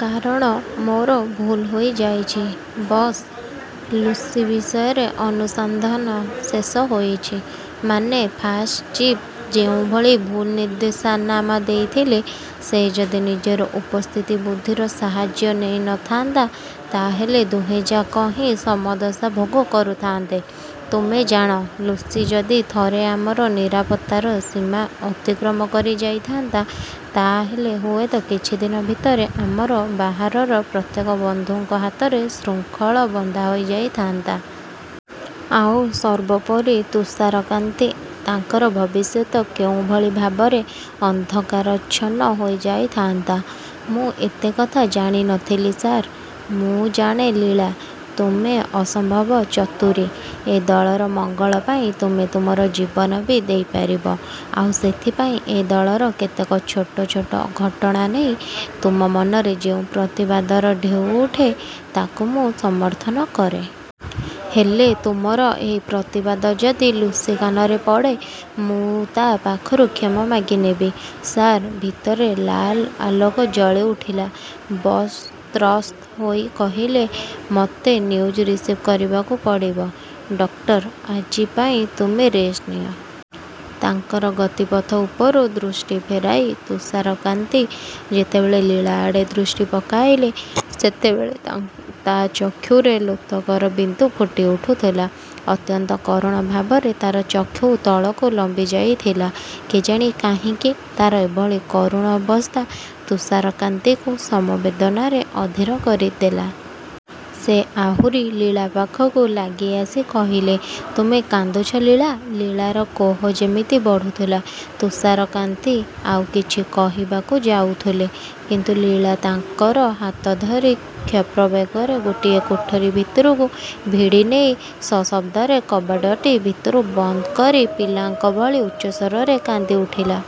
କାରଣ ମୋର ଭୁଲ୍ ହୋଇଯାଇଛି, ବସ୍। ଲୁସି ବିଷୟରେ ଅନୁସନ୍ଧାନ ଶେଷ ହୋଇଛି। ମାନେ, ଫାଷ୍ଟ ଚିଫ୍ ଯେଉଁଭଳି ଭୁଲ୍ ନିର୍ଦ୍ଦେଶନାମା ଦେଇଥିଲେ, ସେ ଯଦି ନିଜର ଉପସ୍ଥିତ ବୁଦ୍ଧିର ସାହାଯ୍ୟ ନେଇ ନଥାନ୍ତା, ତା ହେଲେ ଦୁହେଁଯାକ ହିଁ ସମଦଶା ଭୋଗ କରୁଥାଆନ୍ତେ। ତୁମେ ଜାଣ, ଲୁସି ଯଦି ଥରେ ଆମର ନିରାପତ୍ତାର ସୀମା ଅତିକ୍ରମ କରିଯାଇଥାନ୍ତା, ତା ହେଲେ ହୁଏତ କିଛିଦିନ ଭିତରେ ଆମର ବାହାରର ପ୍ରତ୍ୟେକ ବନ୍ଧୁଙ୍କ ହାତରେ ଶୃଙ୍ଖଳ ବନ୍ଧାଯାଇଥାନ୍ତା। ଆଉ ସର୍ବୋପରି ତୁଷାରକାନ୍ତି, ତାଙ୍କର ଭବିଷ୍ୟତ କେଉଁଭଳି ଭାବରେ ଅନ୍ଧକାରାଚ୍ଛନ୍ନ ହୋଇଯାଇଥାନ୍ତା? ମୁଁ ଏତେ କଥା ଜାଣିନଥିଲି, ସାର୍। ମୁଁ ଜାଣେ ଲୀଳା, ତୁମେ ଅସମ୍ଭବ ଚତୁରୀ। ଏ ଦଳର ମଙ୍ଗଳ ପାଇଁ ତୁମେ ତୁମର ଜୀବନ ବି ଦେଇପାରିବ। ଆଉ ସେଇଥିପାଇଁ ଏ ଦଳର କେତେକ ଛୋଟ ଛୋଟ ଘଟଣା ନେଇ ତୁମ ମନରେ ଯେଉଁ ପ୍ରତିବାଦର ଢେଉ ଉଠେ, ତାକୁ ମୁଁ ସମର୍ଥନ କରେ। ହେଲେ ତୁମର ଏହି ପ୍ରତିବାଦ ଯଦି ଲୁସି କାନରେ ପଡ଼େ। ମୁଁ ତା ପାଖରୁ କ୍ଷମା ମାଗିନେବି, ସାର୍। ଭିତରେ ଲାଲ ଆଲୋକ ଜଳିଉଠିଲା। ବସ୍ ତ୍ରସ୍ତ ହୋଇ କହିଲେ, ମୋତେ ନ୍ୟୁଜ୍ ରିସିଭ୍ କରିବାକୁ ପଡ଼ିବ, ଡକ୍ଟର। ଆଜି ପାଇଁ ତୁମେ ରେଷ୍ଟ ନିଅ। ତାଙ୍କର ଗତିପଥ ଉପରୁ ଦୃଷ୍ଟି ଫେରାଇ ତୁଷାରକାନ୍ତି ଯେତେବେଳେ ଲୀଳା ଆଡ଼େ ଦୃଷ୍ଟି ପକାଇଲେ, ସେତେବେଳେ ତା ଚକ୍ଷୁରେ ଲୋତକର ବିନ୍ଦୁ ଫୁଟିଉଠୁଥିଲା। ଅତ୍ୟନ୍ତ କରୁଣ ଭାବରେ ତାର ଚକ୍ଷୁ ତଳକୁ ଲମ୍ବିଯାଇଥିଲା। କେଜାଣି କାହିଁକି ତାର ଏଭଳି କରୁଣ ଅବସ୍ଥା ତୁଷାରକାନ୍ତିଙ୍କୁ ସମବେଦନାରେ ଅଧୀର କରିଦେଲା। ସେ ଆହୁରି ଲୀଳା ପାଖକୁ ଲାଗି ଆସି କହିଲେ, ତୁମେ କାନ୍ଦୁଛ, ଲୀଳା। ଲୀଳାର କୋହ ଯେମିତି ବଢ଼ୁଥିଲା। ତୁଷାରକାନ୍ତି ଆଉ କିଛି କହିବାକୁ ଯାଉଥିଲେ କିନ୍ତୁ ଲୀଳା ତାଙ୍କର ହାତ ଧରି କ୍ଷୀପ୍ର ବେଗରେ ଗୋଟିଏ କୋଠରି ଭିତରକୁ ଭିଡ଼ିନେଇ ସଶବ୍ଦରେ କବାଟଟି ଭିତରୁ ବନ୍ଦ କରି ପିଲାଙ୍କ ଭଳି ଉଚ୍ଚସ୍ୱରରେ କାନ୍ଦିଉଠିଲା।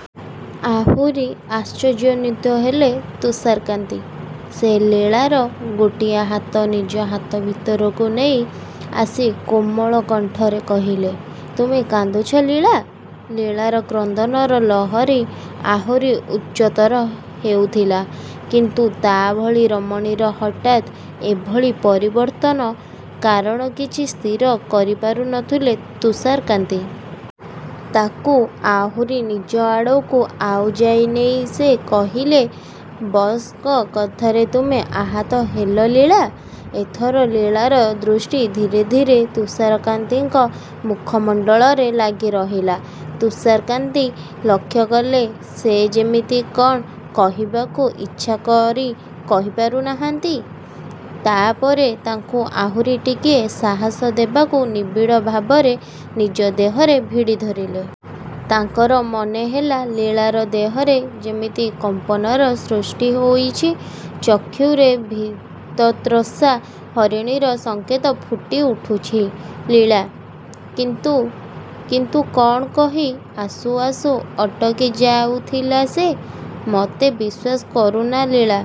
ଆହୁରି ଆଶ୍ଚର୍ଯ୍ୟାନ୍ୱିତ ହେଲେ ତୁଷାରକାନ୍ତି। ସେ ଲୀଳାର ଗୋଟିଏ ହାତ ନିଜ ହାତ ଭିତରକୁ ନେଇ ଆସି କୋମଳ କଣ୍ଠରେ କହିଲେ, ତୁମେ କାନ୍ଦୁଛ, ଲୀଳା। ଲୀଳାର କ୍ରନ୍ଦନର ଲହରୀ ଆହୁରି ଉଚ୍ଚତର ହେଉଥିଲା କିନ୍ତୁ ତା ଭଳି ରମଣୀର ହଠାତ୍ ଏଭଳି ପରିବର୍ତ୍ତନ କାରଣ କିଛି ସ୍ଥିର କରିପାରୁନଥିଲେ ତୁଷାରକାନ୍ତି। ତାକୁ ଆହୁରି ନିଜ ଆଡ଼କୁ ଆଉଜାଇ ନେଇ ସେ କହିଲେ, ବସ୍‌ଙ୍କ କଥାରେ ତୁମେ ଆହତ ହେଲ ଲୀଳା! ଏଥର ଲୀଳାର ଦୃଷ୍ଟି ଧୀରେ ଧୀରେ ତୁଷାରକାନ୍ତିଙ୍କ ମୁଖମଣ୍ଡଳରେ ଲାଗିରହିଲା। ତୁଷାରକାନ୍ତି ଲକ୍ଷ୍ୟ କଲେ, ସେ ଯେମିତି କଣ କହିବାକୁ ଇଚ୍ଛା କରି କହିପାରୁନାହିଁ। ତା ପରେ ତାକୁ ଆହୁରି ଟିକିଏ ସାହସ ଦେବାକୁ ନିବିଡ଼ ଭାବରେ ନିଜ ଦେହରେ ଭିଡ଼ିଧରିଲେ। ତାଙ୍କର ମନେହେଲା, ଲୀଳାର ଦେହରେ ଯେମିତି କମ୍ପନର ସୃଷ୍ଟି ହୋଇଛି। ଚକ୍ଷୁରେ ଭୀତତ୍ରସ୍ତା ହରିଣୀର ସଂକେତ ଫୁଟିଉଠୁଛି। ଲୀଳା। କିନ୍ତୁ କିନ୍ତୁ କଣ କହି ଆସୁ ଆସୁ ଅଟକି ଯାଉଥିଲା ସେ। ମୋତେ ବିଶ୍ୱାସ କରୁନା ଲୀଳା।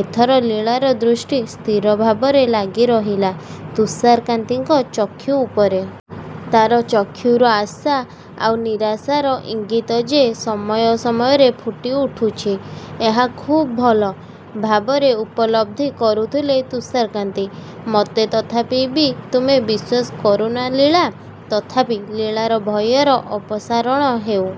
ଏଥର ଲୀଳାର ଦୃଷ୍ଟି ସ୍ଥିର ଭାବରେ ଲାଗିରହିଲା ତୁଷାରକାନ୍ତିଙ୍କ ଚକ୍ଷୁ ଉପରେ। ତାର ଚକ୍ଷୁର ଆଶା ଆଉ ନିରାଶାର ଇଙ୍ଗିତ ଯେ ସମୟ ସମୟରେ ଫୁଟିଉଠୁଛି, ଏହା ଖୁବ୍ ଭଲ ଭାବରେ ଉପଲବ୍ଧି କରୁଥିଲେ ତୁଷାରକାନ୍ତି। ମୋତେ ତଥାପି ବି ତୁମେ ବିଶ୍ୱାସ କରୁନା, ଲୀଳା। ତଥାପି ଲୀଳାର ଭୟର ଅପସାରଣ ହେଉ